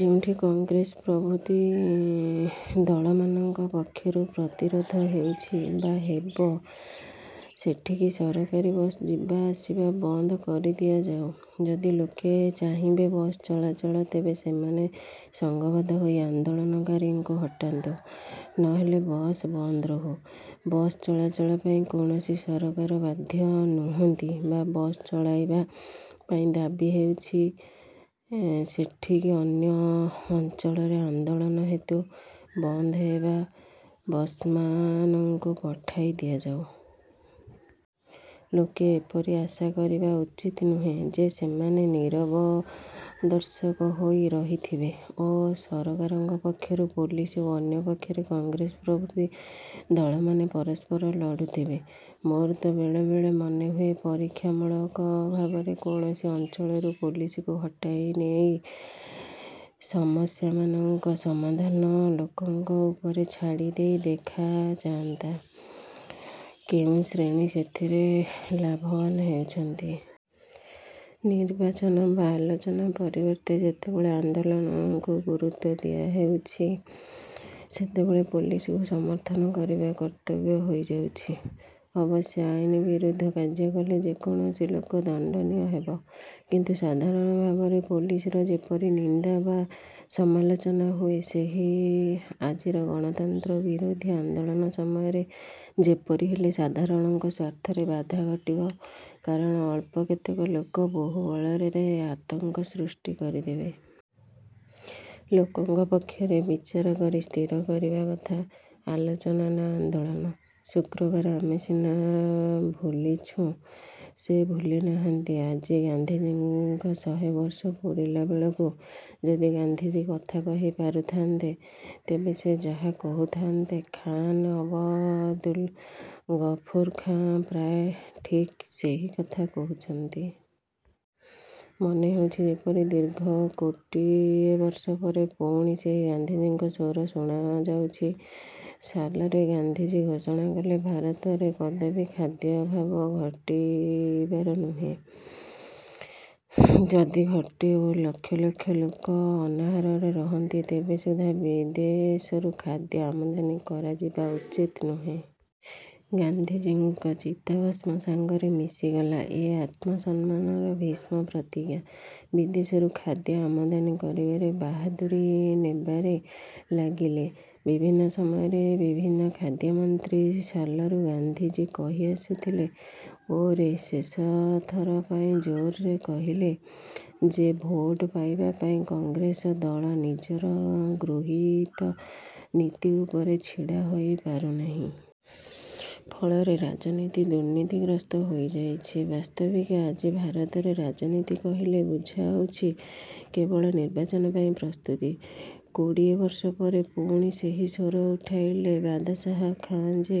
ଯେଉଁଠି କଂଗ୍ରେସ ପ୍ରଭୃତି ଦଳମାନଙ୍କ ପକ୍ଷରୁ ପ୍ରତିରୋଧ ହେଉଛି ବା ହେବ ସେଠିକି ସରକାରୀ ବସ୍ ଯିବା ଆସିବା ବନ୍ଦ କରିଦିଆଯାଉ। ଯଦି ଲୋକେ ଚାହିଁବେ ବସ୍ ଚଳାଚଳ ତେବେ ସେମାନେ ସଙ୍ଘବଦ୍ଧ ହୋଇ ଆନ୍ଦୋଳନକାରୀଙ୍କୁ ହଟାନ୍ତୁ, ନ ହେଲେ ବସ୍ ବନ୍ଦ ରହୁ। ବସ୍ ଚଳାଚଳ ପାଇଁ କୌଣସି ସରକାର ବାଧ୍ୟ ନୁହନ୍ତି ବା ବସ୍ ଚଳାଇବା ପାଇଁ ଦାବି ହେଉଛି ସେଠିକି ଅନ୍ୟ ଅଞ୍ଚଳରେ ଆନ୍ଦୋଳନ ହେତୁ ବନ୍ଦ ହେବା ବସ୍ମାନଙ୍କୁ ପଠାଇ ଦିଆଯାଉ। ଲୋକେ ଏପରି ଆଶା କରିବା ଉଚିତ ନୁହେଁ ଯେ ସେମାନେ ନୀରବଦର୍ଶକ ହୋଇ ରହିଥିବେ ଓ ସରକାରଙ୍କ ପକ୍ଷରୁ ପୋଲିସ ଓ ଅନ୍ୟ ପକ୍ଷରେ କଂଗ୍ରେସ ପ୍ରଭୃତି ଦଳମାନେ ପରସ୍ପର ଲଢ଼ୁଥିବେ। ମୋର ତ ବେଳେବେଳେ ମନେହୁଏ ପରୀକ୍ଷାମୂଳକ ଭାବରେ କୌଣସି ଅଞ୍ଚଳରୁ ପୋଲିସକୁ ହଟାଇ ନେଇ ସମସ୍ୟାମାନଙ୍କ ସମାଧାନ ଲୋକଙ୍କ ଉପରେ ଛାଡ଼ି ଦେଇ ଦେଖାଯାନ୍ତା, କେଉଁ ଶ୍ରେଣୀ ସେଥିରେ ଲାଭବାନ ହେଉଛନ୍ତି। ନିର୍ବାଚନ ବା ଆଲୋଚନା ପରିବର୍ତ୍ତେ ଯେତେବେଳେ ଆନ୍ଦୋଳନକୁ ଗୁରୁତ୍ୱ ଦିଆହେଉଛି, ସେତେବେଳେ ପୋଲିସକୁ ସମର୍ଥନ କରିବା କର୍ତ୍ତବ୍ୟ ହୋଇଯାଉଛି। ଅବଶ୍ୟ ଆଇନବିରୁଦ୍ଧ କାର୍ଯ୍ୟ କଲେ ଯେକୌଣସି ଲୋକ ଦଣ୍ଡନୀୟ ହେବ। କିନ୍ତୁ ସାଧାରଣ ଭାବରେ ପୋଲିସର ଯେପରି ନିନ୍ଦା ବା ସମାଲୋଚନା ହୁଏ ସେହି ଆଜିର ଗଣତନ୍ତ୍ର ବିରୋଧୀ ଆନ୍ଦୋଳନ ସମୟରେ ଯେପରି ହେଲେ ସାଧାରଣଙ୍କ ସ୍ୱାର୍ଥରେ ବାଧା ଘଟିବ କାରଣ ଅଳ୍ପ କେତେକ ଲୋକ ବାହୁବଳରେ ଆତଙ୍କ ସୃଷ୍ଟି କରିଦେବେ। ଲୋକଙ୍କ ପକ୍ଷରେ ବିଚାର କରି ସ୍ଥିର କରିବାର କଥା- ଆଲୋଚନା ନା ଆନ୍ଦୋଳନ। ଶୁକ୍ରବାର ଆମେ ସିନା ଭୁଲିଛୁଁ ସେ ଭୁଲି ନାହାନ୍ତି ଆଜି ଗାନ୍ଧିଜୀଙ୍କ ଶହେ ବର୍ଷ ପୂରିଲାବେଳକୁ, ଯଦି ଗାନ୍ଧିଜୀ କଥା କହି ପାରୁଥାନ୍ତେ, ତେବେ ସେ ଯାହା କହୁଥାନ୍ତେ, ଖାନ୍ ଅବଦୁଲ ଗଫୁର ଖାଁ ପ୍ରାୟ ଠିକ ସେହି କଥା କହୁଛନ୍ତି। ମନେ ହେଉଛି ଯେପରି ଦୀର୍ଘ କୋଡ଼ିଏ ବର୍ଷ ପରେ ପୁଣି ସେହି ଗାନ୍ଧିଜୀଙ୍କ ସ୍ୱର ଶୁଣାଯାଉଛି। ସାଲରେ ଗାନ୍ଧିଜୀ ଘୋଷଣା କଲେ ''ଭାରତରେ କଦାପି ଖାଦ୍ୟାଭାବ ଘଟିବାର ନୁହେଁ। ଯଦି ଘଟେ ଓ ଲକ୍ଷ ଲକ୍ଷ ଲୋକ ଅନାହାରରେ ରହନ୍ତି ତେବେ ସୁଦ୍ଧା ବିଦେଶରୁ ଖାଦ୍ୟ ଆମଦାନୀ କରାଯିବା ଉଚିତ ନୁହେଁ। '' ଗାନ୍ଧିଜୀଙ୍କ ଚିତାଭସ୍ମ ସାଙ୍ଗରେ ମିଶିଗଲା ଏ ଆତ୍ମସମ୍ମାନର ଭୀଷ୍ମ ପ୍ରତିଜ୍ଞା। ବିଦେଶରୁ ଖାଦ୍ୟ ଆମଦାନୀ କରିବାରେ ବାହାଦୁରି ନେବାରେ ଲାଗିଲେ ବିଭିନ୍ନ ସମୟରେ ବିଭିନ୍ନ ଖାଦ୍ୟମନ୍ତ୍ରୀ। ସାଲରୁ ଗାନ୍ଧିଜୀ କହି ଆସୁଥିଲେ ଓ ରେ ଶେଷଥର ପାଇଁ ଜୋରରେ କହିଲେ ଯେ ଭୋଟ ପାଇବା ପାଇଁ କଂଗ୍ରେସ ଦଳ ନିଜର ଗୃହୀତ ନୀତି ଉପରେ ଛିଡ଼ା ହୋଇ ପାରୁନାହିଁ। ଫଳରେ ରାଜନୀତି ଦୁର୍ନୀତିଗ୍ରସ୍ତ ହୋଇଯାଉଛି। ବାସ୍ତବିକ ଆଜି ଭାରତରେ ରାଜନୀତି କହିଲେ ବୁଝାଉଛି କେବଳ ନିର୍ବାଚନ ପାଇଁ ପ୍ରସ୍ତୁତି। କୋଡ଼ିଏ ବର୍ଷ ପରେ ପୁଣି ସେହି ସ୍ୱର ଉଠାଇଲେ ବାଦଶାହା ଖାଁ ଯେ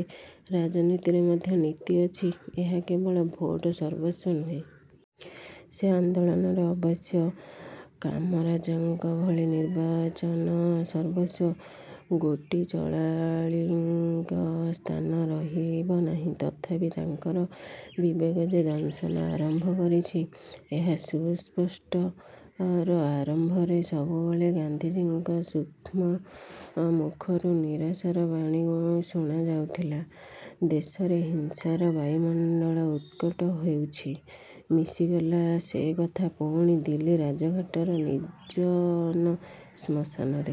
ରାଜନୀତିରେ ମଧ୍ୟ ନୀତି ଅଛି, ଏହା କେବଳ ଭୋଟ ସର୍ବସ୍ୱ ନୁହେଁ। ସେ ଆନ୍ଦୋଳନରେ ଅବଶ୍ୟ କାମରାଜଙ୍କ ଭଳି ନିର୍ବାଚନ ସର୍ବସ୍ୱ ଗୋଟି ଚଳାଳିଙ୍କ ସ୍ଥାନ ରହିବ ନାହିଁ, ତଥାପି ତାଙ୍କର ବିବେକ ଯେ ଦଂଶନ ଆରମ୍ଭ କରିଛି, ଏହା ସୁସ୍ପଷ୍ଟ। ର ଆରମ୍ଭରେ ସବୁବେଳେ ଗାନ୍ଧିଜୀଙ୍କ ଶୁଷ୍କ ମୁଖରୁ ନିରାଶାର ବାଣୀ ଶୁଣା ଯାଉଥିଲା ''ଦେଶରେ ହିଂସାର ବାୟୁମଣ୍ଡଳ ଉତ୍କଟ ହେଉଛି। '' ମିଶିଗଲା ସେ କଥା ପୁଣି ଦିଲ୍ଲୀ ରାଜଘାଟର ନିର୍ଜନ ଶ୍ମଶାନରେ,